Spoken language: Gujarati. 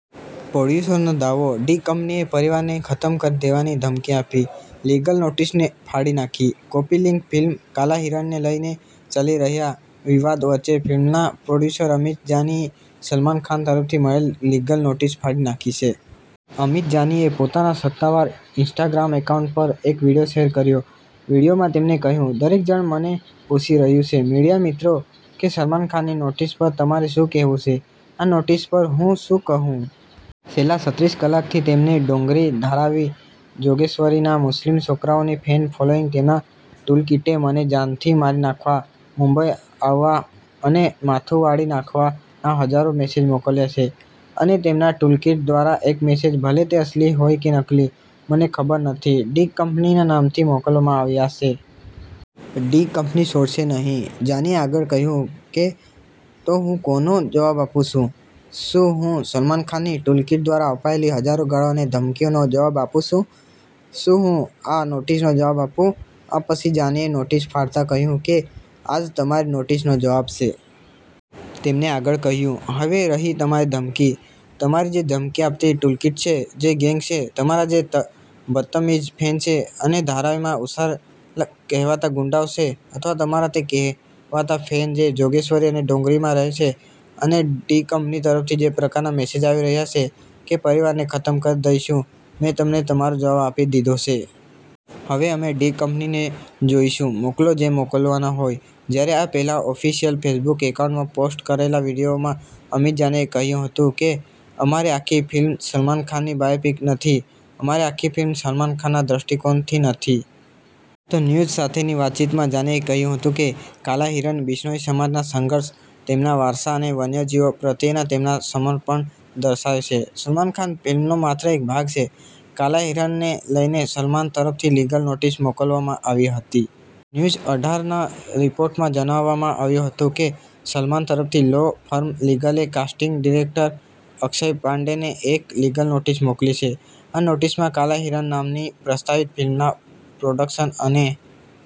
પ્રોડ્યુસરનો દાવો:- "ડી-કંપનીએ પરિવારને ખતમ કરી દેવાની ધમકી આપી"; લીગલ નોટિસને ફાડી નાખી. કૉપી લિંક ફિલ્મ 'કાલા હિરણ'ને લઈને ચાલી રહેલા વિવાદ વચ્ચે ફિલ્મના પ્રોડ્યુસર અમિત જાનીએ સલમાન ખાન તરફથી મળેલ લીગલ નોટિસ ફાડી નાખી છે. અમિત જાનીએ પોતાના સત્તાવાર ઇન્સ્ટાગ્રામ એકાઉન્ટ પર એક વીડિયો શેર કર્યો. વીડિયોમાં તેમણે કહ્યું, "દરેક જણ મને પૂછી રહ્યું છે, મીડિયા, મિત્રો, કે સલમાન ખાનની નોટિસ પર તમારે શું કહેવું છે? આ નોટિસ પર હું શું કહું? છેલ્લા છત્રીસ કલાકથી તેમની ડોંગરી, ધારાવી, જોગેશ્વરીના મુસ્લિમ છોકરાઓની ફેન ફોલોઈંગ, તેમના ટૂલકિટે મને જાનથી મારી નાખવા, મુંબઈ આવવા અને માથું વાઢી નાખવાના હજારો મેસેજ મોકલ્યા છે, અને તેમના ટૂલકિટ દ્વારા એક મેસેજ, ભલે તે અસલી હોય કે નકલી, મને ખબર નથી, ડી-કંપનીના નામથી મોકલવામાં આવ્યો છે. ડી-કંપની છોડશે નહીં." જાનીએ આગળ કહ્યું કે, "તો હું કોનો જવાબ આપું? શું હું સલમાન ખાનની ટૂલકિટ દ્વારા અપાયેલી હજારો ગાળો અને ધમકીઓનો જવાબ આપું? શું હું આ નોટિસનો જવાબ આપું?" આ પછી જાનીએ નોટિસ ફાડતા કહ્યું કે, "આ જ તમારી નોટિસનો જવાબ છે." તેમણે આગળ કહ્યું, "હવે રહી તમારી ધમકી, તમારી જે ધમકી આપતી ટૂલકિટ છે, જે ગેંગ છે, તમારા જે બદતમીઝ ફેન છે, અને ધારાવીમાં ઉછરેલા કહેવાતા ગુંડાઓ છે, અથવા તમારા તે કહેવાતા ફેન જે જોગેશ્વરી અને ડોંગરીમાં રહે છે, અને ડી-કંપની તરફથી જે પ્રકારના મેસેજ આવી રહ્યા છે કે પરિવારને ખતમ કરી દઈશું, મેં તમને તમારો જવાબ આપી દીધો છે. હવે અમે ડી-કંપનીને જોઈશું. મોકલો, જેને મોકલવા હોય." જ્યારે, આ પહેલા ઓફિશિયલ ફેસબુક એકાઉન્ટમાં પોસ્ટ કરેલા વીડિયોમાં અમિત જાનીએ કહ્યું હતું કે, "અમારી આખી ફિલ્મ સલમાન ખાનની બાયોપિક નથી. અમારી આખી ફિલ્મ સલમાન ખાનના દૃષ્ટિકોણથી નથી." તો ન્યૂઝ સાથેની વાતચીતમાં જાનીએ કહ્યું હતું કે, ''કાલા હિરણ' બિશ્નોઈ સમાજના સંઘર્ષ, તેમના વારસા અને વન્યજીવો પ્રત્યેના તેમના સમર્પણને દર્શાવે છે. સલમાન ખાન ફિલ્મનો માત્ર એક ભાગ છે." 'કાલા હિરણ'ને લઈને સલમાન તરફથી લીગલ નોટિસ મોકલવામાં આવી હતી. ન્યૂઝ અઢારના રિપોર્ટમાં જણાવવામાં આવ્યું હતું કે, "સલમાન તરફથી લો ફર્મ લીગલે કાસ્ટિંગ ડિરેક્ટર અક્ષય પાંડેને એક લીગલ નોટિસ મોકલી છે. આ નોટિસમાં 'કાલા હિરણ' નામની પ્રસ્તાવિત ફિલ્મના પ્રોડક્શન અને